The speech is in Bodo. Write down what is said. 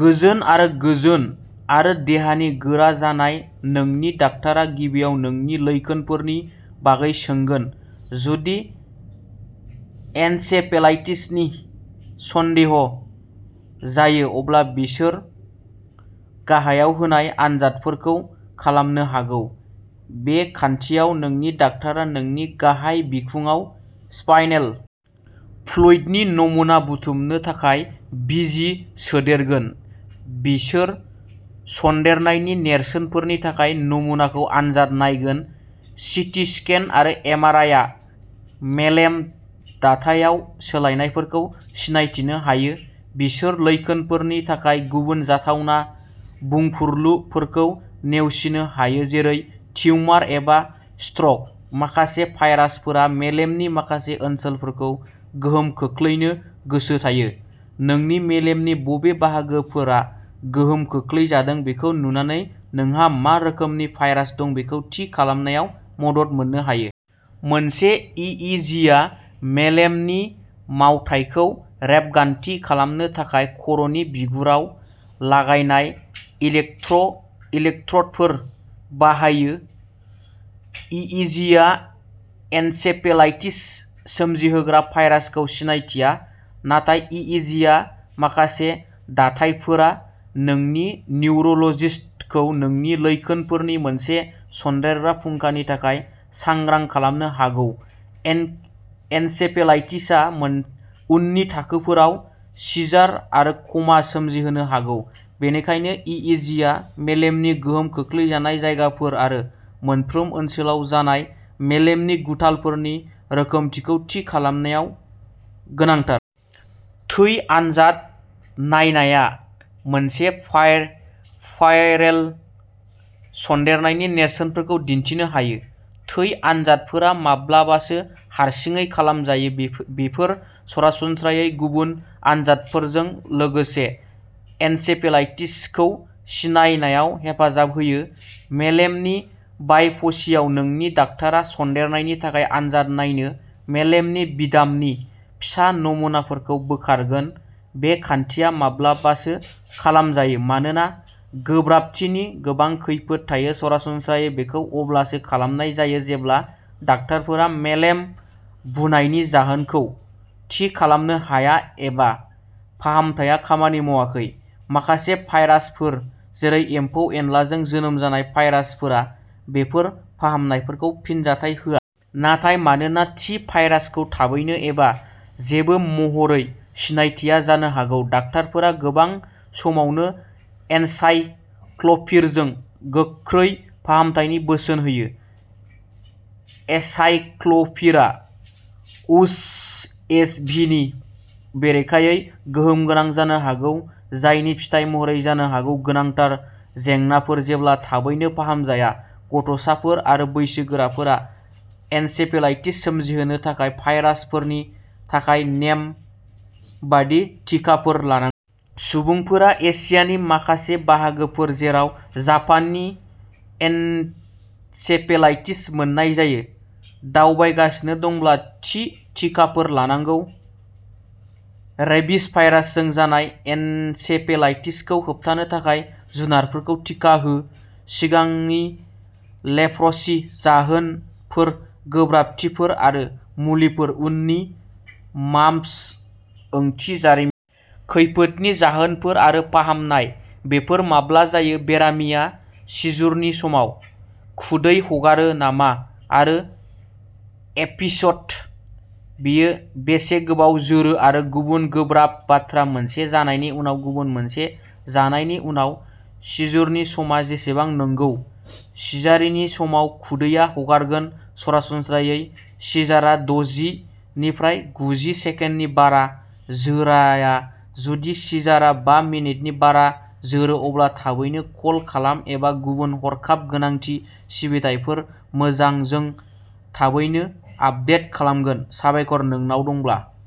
गोजोन आरो गोजोन आरो देहानि गोरा जानाय नोंनि डाक्टारआ गिबियाव नोंनि लैखोनफोरनि बागै सोंगोन जुदि एन्सेफेलाइटिसनि सन्देह जायो अब्ला बिसोर गाहायाव होनाय आनजादफोरखौ खालामनो हागौ बे खान्थियाव नोंनि डाक्टारआ नोंनि गाहाय बिखुंआव स्पाइनेल फ्लुइडनि नमुना बुथुमनो थाखाय बिजि सोदेरगोन बिसोर सन्देरनायनि नेरसोनफोरनि थाखाय नमुनाखौ आनजाद नायगोन सिटि स्केन आरो एमआरआइआ मेलेम दाथायाव सोलायनायफोरखौ सिनायथिनो हायो बिसोर लैखोनफोरनि थाखाय गुबुन जाथावना बुंफुरलुफोरखौ नेवसिनो हायो जेरै टिउमार एबा स्ट्रक माखासे भाइरासफोरा मेलेमनि माखासे ओनसोलफोरखौ गोहोम खोख्लैनो गोसो थायो नोंनि मेलेमनि बबे बाहागोफोरा गोहोम खोख्लैजादों बेखौ नुनानै नोंहा मा रोखोमनि भाइरास दं बेखौ थि खालामनायाव मदद मोननो हायो। मोनसे इइजिआ मेलेमनि मावथायखौ रेबगान्थि खालामनो थाखाय खर'नि बिगुराव लागायनाय इलेक्ट्र इलेक्ट्र'डफोर बाहायो इइजिआ एन्सेफेलाइटिस सोमजिहोग्रा भाइरासखौ सिनायथिया नाथाय इइजिआव माखासे दाथायफोरा नोंनि निउर'ल'जिस्टखौ नोंनि लैखोनफोरनि मोनसे सनदेरग्रा फुंखानि थाखाय सांग्रां खालामनो हागौ एन एन्सेफेलाइटिसआ मोन उननि थाखोफोराव सिजार आरो क'मा सोमजिहोनो हागौ बेनिखायनो इइजिआ मेलेमनि गोहोम खोख्लैजानाय जायगाफोर आरो मोनफ्रोम ओनसोलाव जानाय मेलेमनि गुथालफोरनि रोखोमफोरखौ थि खालामनायाव गोनांथार। थै आनजाद नायनाया मोनसे फाइर फाइरेल सन्देरनायनि नेरसोनफोरखौ दिन्थिनो हायो थै आनजादफोरा माब्लाबासो हारसिङै खालामजायो बेफो बेफोर सरासनस्रायै गुबुन आनजादफोरजों लोगोसे एन्सेफेलाइटिसखौ सिनायनायाव हेफाजाब होयो मेलेमनि बायपसीयाव नोंनि डाक्टारआ सन्देरनायनि थाखाय आनजाद नायनो मेलेमनि बिदामनि फिसा नमुनाफोरखौ बोखारगोन बे खान्थिया माब्लाबासो खालामजायो मानोना गोब्राबथिनि गोबां खैफोद थायो सरासनस्रायै बेखौ अब्लासो खालामनाय जायो जेब्ला डाक्टारफोरा मेलेम बुनायनि जाहोनखौ थि खालामनो हाया एबा फाहामथाया खामानि मावाखै माखासे भाइरासफोर जेरै एम्फौ-एनलाजों जोनोम जानाय भाइरासफोरा बेफोर फाहामनायफोरखौ फिनजाथाय होआ। नाथाय मानोना थि भाइरासखौ थाबैनो एबा जेबो महरै सिनायथिया जानो हागौ डाक्टारफोरा गोबां समावनो एन्साइक्ल'भिरजों गोख्रै फाहामथायनि बोसोन होयो। एसाइक्ल'भिरआ उस एस भि नि बेरेखायै गोहोमगोनां जानो हागौ जायनि फिथाय महरै जानो हागौ गोनांथार जेंनाफोर जेब्ला थाबैनो फाहामजाया गथ'साफोर आरो बैसोगोराफोरा एन्सेफेलाइटिस सोमजिहोनो हानाय भाइरासफोरनि थाखाय नेमबादि टिकाफोर लानां। सुबुंफोरा एसियानि माखासे बाहागोफोर जेराव जापानी एन्सेफेलाइटिस मोननाय जायो दावबायगासिनो दंब्ला थि टिकाफोर लानांगौ रेबिस भाइरासजों जानाय एन्सेफेलाइटिसखौ होबथानो थाखाय जुनारफोरनो टिका हो सिगांनि लेप्रसि जाहोनफोर गोब्राबथिफोर आरो मुलिफोर उननि माम्प्स ओंथि जारिमिन खैफोदनि जाहोनफोर आरो फाहामनाय बेफोर माब्ला जायो बेरामिया सिजुरनि समाव खुदै हगारो नामा आरो एपिस'ड बियो बेसे गोबाव जोरो आरो गुबुन गोब्राब बाथ्रा मोनसे जानायनि उनाव गुबुन मोनसे जानायनि उनाव सिजुरनि समा बेसेबां नोंगौ सिजारिनि समाव खुदैया हगारगोन सरासनस्रायै सिजारा दजि निफ्राय गुजि सेकेन्डनि बारा जोराया जुदि सिजारा बा मिनिटनि बारा जोरो अब्ला थाबैनो कल खालाम एबा गुबुन हरखाब गोनांथि सिबिथायफोर मोजां जों थाबैनो आपडेट खालामगोन साबायखर नोंनाव दंब्ला।